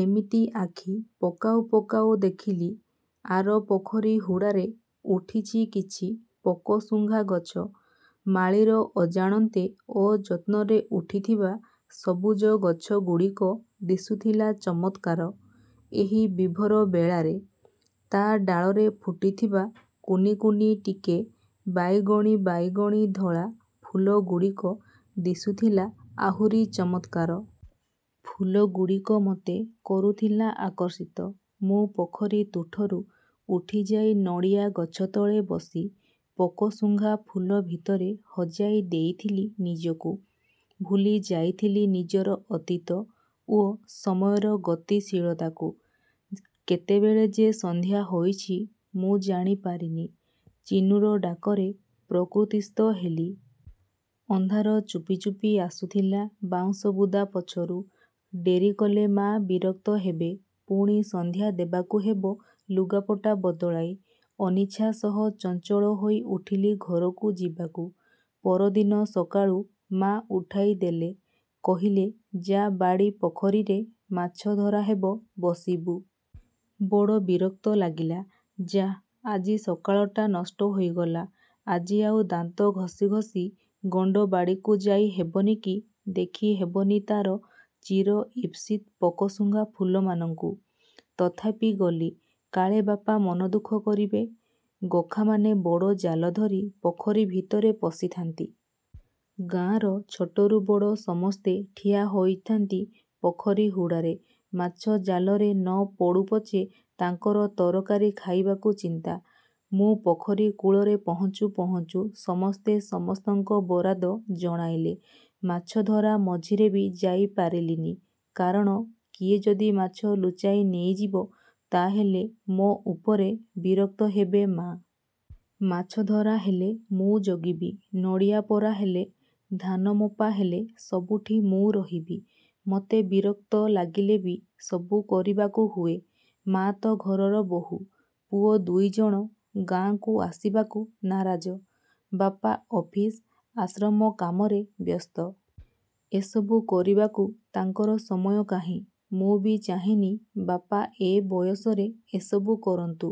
ଏମିତି ଆଖି ପକାଉ ପକାଉ ଦେଖିଲି ଆର ପୋଖରୀ ହୁଡ଼ାରେ ଉଠିଛି କିଛି ପୋକଶୁଙ୍ଘା ଗଛ। ମାଳିର ଅଜାଣନ୍ତେ ଅଯତ୍ନରେ ଉଠିଥିବା ସବୁଜ ଗଛଗୁଡ଼ିକ ଦିଶୁଥିଲା ଚମତ୍କାର ଏହି ବିଭୋର ବେଳାରେ। ତା' ଡାଳରେ ଫୁଟିଥିବା କୁନି କୁନି ଟିକେ ବାଇଗଣି ବାଇଗଣି ଧଳା ଫୁଲଗୁଡ଼ିକ ଦିଶୁଥିଲା ଆହୁରି ଚମତ୍କାର। ଫୁଲଗୁଡ଼ିକ ମୋତେ କରୁଥିଲା ଆକର୍ଷିତ। ମୁଁ ପୋଖରୀ ତୁଠରୁ ଉଠିଯାଇ ନଡ଼ିଆ ଗଛ ତଳେ ବସି ପୋକଶୁଙ୍ଗା ଫୁଲ ଭିତରେ ହଜାଇ ଦେଇଥିଲି ନିଜକୁ। ଭୁଲି ଯାଇଥିଲି ନିଜର ଅତୀତ ଓ ସମୟର ଗତିଶୀଳତାକୁ। କେତେବେଳେ ଯେ ସନ୍ଧ୍ୟା ହୋଇଛି ମୁଁ ଜାଣି ପାରିନି। ଚିନୁର ଡାକରେ ପ୍ରକୃତିସ୍ଥ ହେଲି। ଅନ୍ଧାର ଚୁପି ଚୁପି ଆସୁଥିଲା ବାଉଁଶ ବୁଦା ପଛରୁ। ଡେରି କଲେ ମା' ବିରକ୍ତ ହେବେ। ସନ୍ଧ୍ୟା ପୁଣି ଦେବାକୁ ହେବ ଲୁଗାପଟା ବଦଳାଇ। ଅନିଚ୍ଛା ସହ ଚଞ୍ଚଳ ହୋଇ ଉଠିଲି ଘରକୁ ଯିବାକୁ। ପରଦିନ ସକାଳୁ ମା' ଉଠାଇ ଦେଲେ। କହିଲେ ଯା ବାଡ଼ି ପୋଖରୀରେ ମାଛ ଧରାହେବ ବସିବୁ। ବଡ଼ ବିରକ୍ତ ଲାଗିଲା। ଯା'ଆଜି ସକାଳଟା ନଷ୍ଟ ହୋଇଗଲା। ଆଜି ଆଉ ଦାନ୍ତଘସି ଘସି ଗଣ୍ଡବାଡ଼ିକୁ ଯାଇ ହେବନି କି ଦେଖିହେବନି ତା'ର ଚିର ଇପ୍ସିତ୍ ପୋକଶୁଙ୍ଗା ଫୁଲମାନଙ୍କୁ। ତଥାପି ଗଲି। କାଳେ ବାପା ମନଦୁଃଖ କରିବେ। ଗୋଖାମାନେ ବଡ଼ ଜାଲ ଧରି ପୋଖରୀ ଭିତରେ ପଶିଥାନ୍ତି। ଗାଁର ଛୋଟରୁ ବଡ଼ ସମସ୍ତେ ଠିଆ ହୋଇଥାନ୍ତି ପୋଖରୀ ହୁଡ଼ାରେ-। ମାଛ ଜାଲରେ ନ ପଡ଼ୁ ପଛେ, ତାଙ୍କର ତରକାରୀ ଖାଇବାକୁ ଚିନ୍ତା। ମୁଁ ପୋଖରୀ କୂଳରେ ପହଞ୍ଚୁ ପହଞ୍ଚୁ ସମସ୍ତେ ସମସ୍ତଙ୍କ ବରାଦ ଜଣାଇଲେ। ମାଛଧରା ମଝିରେ ବି ଯାଇପାରିଲିନି। କାରଣ କିଏ ଯଦି ମାଛ ଲୁଚାଇ ନେଇଯିବ, ତା'ହେଲେ ମୋ ଉପରେ ବିରକ୍ତ ହେବେ ମା'। ମାଛଧରା ହେଲେ ମୁଁ ଜଗିବି। ନଡ଼ିଆ ପରା ହେଲେ, ଧାନ ମପା ହେଲେ ସବୁଠି ମୁଁ ରହିବି। ମୋତେ ବିରକ୍ତ ଲାଗିଲେ ବି ସବୁ କରିବାକୁ ହୁଏ। ମା'ତ ଘରର ବୋହୁ। ପୁଅ ଦୁଇଜଣ ଗାଁକୁ ଆସିବାକୁ ନାରାଜ। ବାପା ଅଫିସ୍ ଆଶ୍ରମ କାମରେ ବ୍ୟସ୍ତ। ଏସବୁ କରିବାକୁ ତାଙ୍କର ସମୟ କାହିଁ। ମୁଁ ବି ଚାହେଁନି ବାପା ଏ ବୟସରେ ଏସବୁ କରନ୍ତୁ।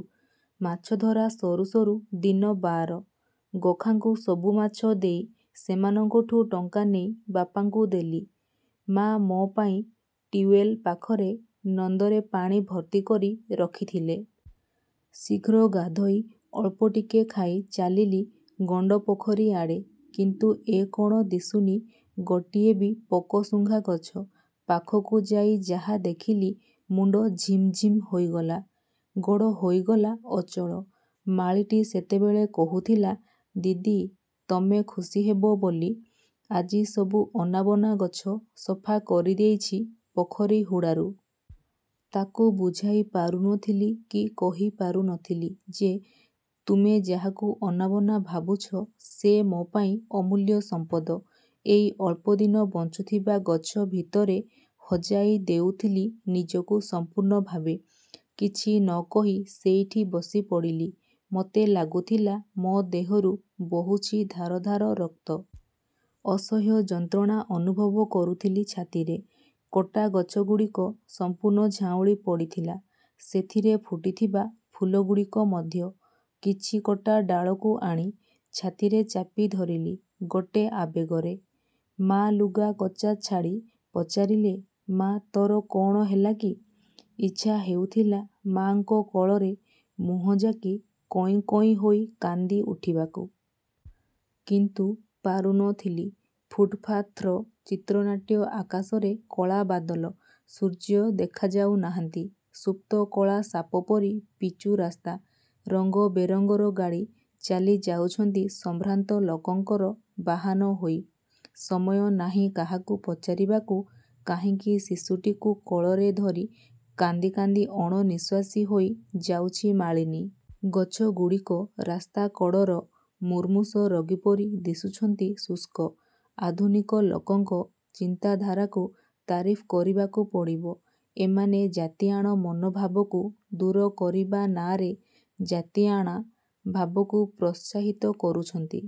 ମାଛଧରା ସରୁ ସରୁ ଦିନ ବାର। ଗୋଖାଙ୍କୁ ସବୁ ମାଛ ଦେଇ ସେମାନଙ୍କଠୁ ଟଙ୍କା ନେଇ ବାପାଙ୍କୁ ଦେଲି। ମା' ମୋ ପାଇଁ ଟିୱେଲ୍ ପାଖରେ ନନ୍ଦରେ ପାଣି ଭର୍ତ୍ତି କରି ରଖିଥିଲେ। ଶୀଘ୍ର ଗାଧୋଇ ଅଳ୍ପ ଟିକେ ଖାଇ ଚାଲିଲି ଗଣ୍ଡପୋଖରୀ ଆଡ଼େ। କିନ୍ତୁ ଏ କ'ଣ ଦିଶୁନି ଗୋଟିଏ ବି ପୋକଶୁଙ୍ଗା ଗଛ। ପାଖକୁ ଯାଇ ଯାହା ଦେଖିଲି ମୁଣ୍ଡ ଝିମ୍ ଝିମ୍ ହୋଇଗଲା। ଗୋଡ଼ ହୋଇଗଲା ଅଚଳ। ମାଳିଟି ସେତେବେଳେ କହୁଥିଲା, ''ଦିଦି ତମେ ଖୁସି ହେବ ବୋଲି ଆଜି ସବୁ ଅନାବନା ଗଛ ସଫା କରିଦେଇଛି ପୋଖରୀ ହୁଡ଼ାରୁ। '' ତାକୁ ବୁଝାଇ ପାରୁନଥିଲି କି କହିପାରୁନଥିଲି ଯେ, ତୁମେ ଯାହାକୁ ଅନାବନା ଭାବୁଛ ସେ ମୋ ପାଇଁ ଅମୂଲ୍ୟ ସମ୍ପଦ। ଏଇ ଅଳ୍ପଦିନ ବଞ୍ଚୁଥିବା ଗଛ ଭିତରେ ହଜାଇ ଦେଉଥିଲି ନିଜକୁ ସମ୍ପୂର୍ଣ୍ଣଭାବେ। କିଛି ନ କହି ସେଇଠି ବସିପଡ଼ିଲି। ମୋତେ ଲାଗୁଥିଲା ମୋ ଦେହରୁ ବୋହୁଛି ଧାର ଧାର ରକ୍ତ। ଅସହ୍ୟ ଯନ୍ତ୍ରଣା ଅନୁଭବ କରୁଥିଲି ଛାତିରେ। କଟା ଗଛଗୁଡ଼ିକ ସମ୍ପୂର୍ଣ୍ଣ ଝାଉଁଳି ପଡ଼ିଥିଲା। ସେଥିରେ ଫୁଟିଥିବା ଫୁଲଗୁଡ଼ିକ ମଧ୍ୟ। କିଛି କଟା ଡାଳକୁ ଆଣି ଛାତିରେ ଚାପି ଧରିଲି ଗୋଟେ ଆବେଗରେ। ମା' ଲୁଗା କଚା ଛାଡ଼ି ପଚାରିଲେ, ''ମା' ତୋର କ'ଣ ହେଲାକି? '' ଇଚ୍ଛା ହେଉଥିଲା ମା'ଙ୍କ କୋଳରେ ମୁହଁ ଜାକି କଇଁ କଇଁ ହୋଇ କାନ୍ଦି ଉଠିବାକୁ। କିନ୍ତୁ ପାରୁନଥିଲି। ଫୁଟ୍ପାଥ୍ର ଚିତ୍ରନାଟ୍ୟ ଆକାଶରେ କଳାବାଦଲ। ସୂର୍ଯ୍ୟ ଦେଖାଯାଉ ନାହାନ୍ତି। ଶୁପ୍ତ କଳା ସାପ ପରି ପିଚୁ ରାସ୍ତା। ରଙ୍ଗ ବେରଙ୍ଗର ଗାଡ଼ି ଚାଲି ଯାଉଛନ୍ତି ସମ୍ଭ୍ରାନ୍ତ ଲୋକଙ୍କର ବାହନ ହୋଇ। ସମୟ ନାହିଁ କାହାକୁ ପଚାରିବାକୁ କାହିଁକି ଶିଶୁଟିକୁ କୋଳରେ ଧରି କାନ୍ଦି କାନ୍ଦି ଅଣନିଶ୍ୱାସୀ ହୋଇ ଯାଉଛି ମାଳିନୀ। ଗଛଗୁଡ଼ିକ ରାସ୍ତା କଡ଼ର ମୁର୍ମୂଷ ରୋଗୀପରି ଦିଶୁଛନ୍ତି ଶୁଷ୍କ। ଆଧୁନିକ ଲୋକଙ୍କ ଚିନ୍ତା ଧାରାକୁ ତାରିଫ୍ କରିବାକୁ ପଡ଼ିବ। ଏମାନେ ଜାତିଆଣ ମନୋଭାବକୁ ଦୂର କରିବା ନାଁରେ ଜାତିଆଣା ଭାବକୁ ପ୍ରୋତ୍ସାହିତ କରୁଛନ୍ତି।